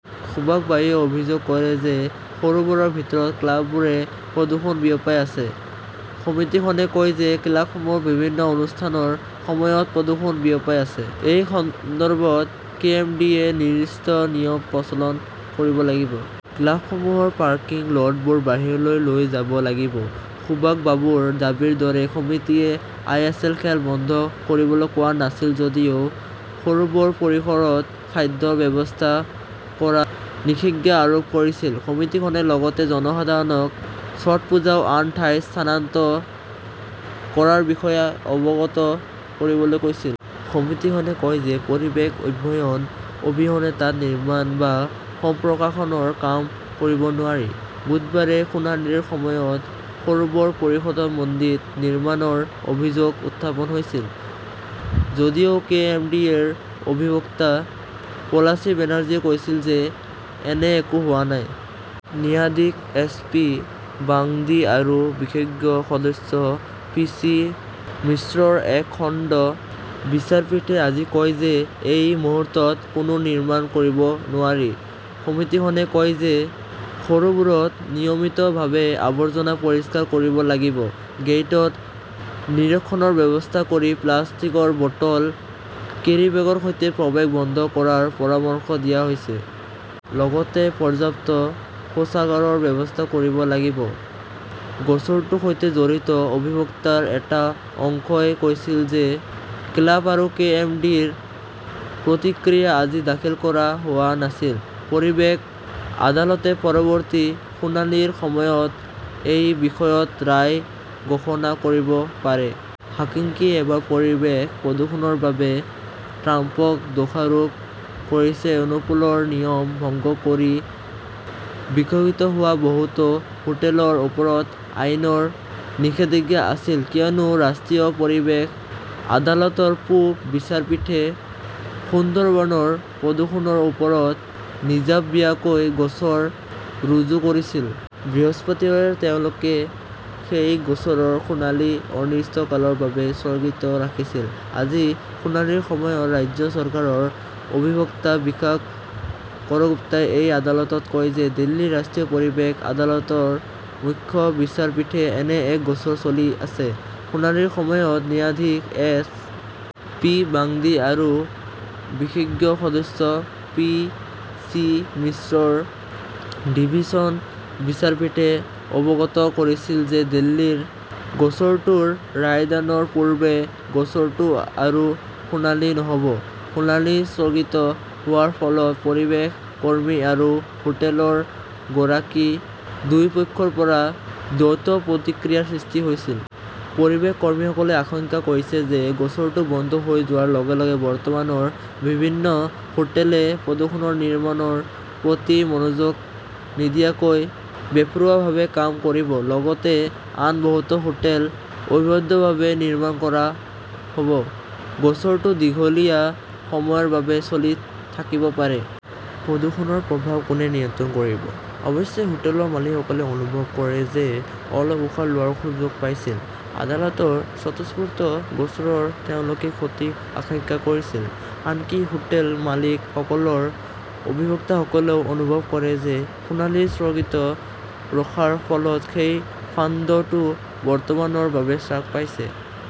সুভাষ বাবুৱে অভিযোগ কৰে যে সৰোবৰৰ ভিতৰৰ ক্লাববোৰে প্ৰদূষণ বিয়পাই আছে। সমিতিখনে কয় যে ক্লাবসমূহত বিভিন্ন অনুষ্ঠানৰ সময়ত প্ৰদূষণ বিয়পাই আছে। এই সন্দৰ্ভত কে. এম. ডি. এ. -য়ে নিৰ্দিষ্ট নিয়ম প্ৰৱৰ্তন কৰিব লাগিব। ক্লাবসমূহৰ পাৰ্কিং লটবোৰ বাহিৰলৈ লৈ যাব লাগিব। সুভাষ বাবুৰ দাবীৰ দৰে সমিতিয়ে আইএছএল খেল বন্ধ কৰিবলৈ কোৱা নাছিল যদিও সৰোবৰ পৰিসৰত খাদ্যৰ ব্যৱস্থা কৰাত নিষেধাজ্ঞা আৰোপ কৰিছিল। সমিতিখনে লগতে জনসাধাৰণক ছটপুজাও আন ঠাইত স্থানান্তৰ কৰাৰ বিষয়ে অৱগত কৰিবলৈ কৈছিল। সমিতিখনে কয় যে পৰিৱেশ অধ্যয়ন অবিহনে তাত নিৰ্মাণ বা সম্প্ৰসাৰণৰ কাম কৰিব নোৱাৰি। বুধবাৰে শুনানিৰ সময়ত সৰোবৰ পৰিসৰত মন্দিৰ নিৰ্মাণৰ অভিযোগ উত্থাপন হৈছিল। যদিও কে. এম. ডি. এ. -ৰ অধিবক্তা পোচালী বেনাৰ্জীয়ে কৈছিল যে এনে একো হোৱা নাই। ন্যায়াধীশ এছ. পি. ৱাংদী আৰু বিশেষজ্ঞ সদস্য পি. চি. মিশ্ৰৰ এটা খণ্ড বিচাৰপীঠে আজি কয় যে এই মুহূৰ্তত কোনো নিৰ্মাণ কৰিব নোৱাৰি। সমিতিখনে কয় যে সৰোবৰত নিয়মিতভাৱে আৱৰ্জনা পৰিষ্কাৰ কৰিব লাগিব। গেটত নিৰীক্ষণৰ ব্যৱস্থা কৰি প্লাষ্টিকৰ বটল, কেৰীবেগৰ সৈতে প্ৰৱেশ বন্ধ কৰাৰ পৰামৰ্শ দিয়া হৈছে। লগতে পৰ্যাপ্ত শৌচাগাৰৰ ব্যৱস্থা কৰিব লাগিব। গোচৰটোৰ সৈতে জড়িত অধিবক্তাৰ এটা অংশই কৈছিল যে ক্লাব আৰু কে. এম. ডি. এ. -ৰ প্ৰতিক্ৰিয়া আজি দাখিল কৰা হোৱা নাছিল। পৰিৱেশ আদালতে পৰৱৰ্তী শুনানিৰ সময়ত এই বিষয়ত ৰায় ঘোষণা কৰিব পাৰে। হাক্কিংয়ে এইবাৰ পৰিৱেশ প্ৰদূষণৰ বাবে ট্ৰাম্পক দোষাৰোপ কৰিছে উপকূলৰ নিয়ম ভংগ কৰি বিকশিত হোৱা বহুতো হোটেলৰ ওপৰত আইনৰ নিষেধাজ্ঞা আছিল। কিয়নো ৰাষ্ট্ৰীয় পৰিৱেশ আদালতৰ পূব বিচাৰপীঠে সুন্দৰবনৰ প্ৰদূষণৰ ওপৰত নিজাববীয়াকৈ গোচৰ ৰুজু কৰিছিল। বৃহস্পতিবাৰে তেওঁলোকে সেই গোচৰৰ শুনানি অনিৰ্দিষ্টকালৰ বাবে স্থগিত ৰাখিছিল। আজি শুনানিৰ সময়ত ৰাজ্য চৰকাৰৰ অধিবক্তা বিকাশ কৰগুপ্তা ই আদালতত কয় যে দিল্লীৰ ৰাষ্ট্ৰীয় পৰিৱেশ আদালতৰ মুখ্য বিচাৰপীঠে এনে এক গোচৰ চলি আছে। শুনানিৰ সময়ত ন্যায়াধীশ এছ. পি. ৱাংদী আৰু বিশেষজ্ঞ সদস্য পি. চি. মিশ্ৰৰ ডিভিছন বিচাৰপীঠে অৱগত কৰিছিল যে দিল্লীৰ গোচৰটোৰ ৰায়দানৰ পূৰ্বে গোচৰটো আৰু শুনানি নহব। শুনানি স্থগিত হোৱাৰ ফলত পৰিৱেশ কৰ্মী আৰু হোটেলৰ গৰাকী দুয়োপক্ষৰ পৰা দ্বৈত প্ৰতিক্ৰিয়াৰ সৃষ্টি হৈছিল। পৰিৱেশ কৰ্মীসকলে আশংকা কৰিছে যে গোচৰটো বন্ধ হৈ যোৱাৰ লগে লগে বৰ্তমানৰ বিভিন্ন হোটেলে প্ৰদূষণৰ নিয়মৰ প্ৰতি মনোযোগ নিদিয়াকৈ বেপৰোৱাভাৱে কাম কৰিব। লগতে আন বহুতো হোটেল অবৈধভাৱে নিৰ্মাণ কৰা হব। গোচৰটো দীঘলীয়া সময়ৰ বাবে চলি থাকিব পাৰে। প্ৰদূষণৰ প্ৰভাৱ কোনে নিয়ন্ত্ৰণ কৰিব? অৱশ্যে, হোটেলৰ মালিকসকলে অনুভৱ কৰে যে অলপ উশাহ লোৱাৰ সুযোগ পাইছিল। আদালতৰ স্বতঃস্ফূৰ্ত গোচৰত তেওঁলোকে ক্ষতিৰ আশংকা কৰিছিল। আনকি হোটেল-মালিক সকলৰ অধিবক্তাসকলেও অনুভৱ কৰে যে শুনানি স্থগিত ৰখাৰ ফলত সেই ফান্দ টো বৰ্তমানৰ বাবে হ্ৰাস পাইছে।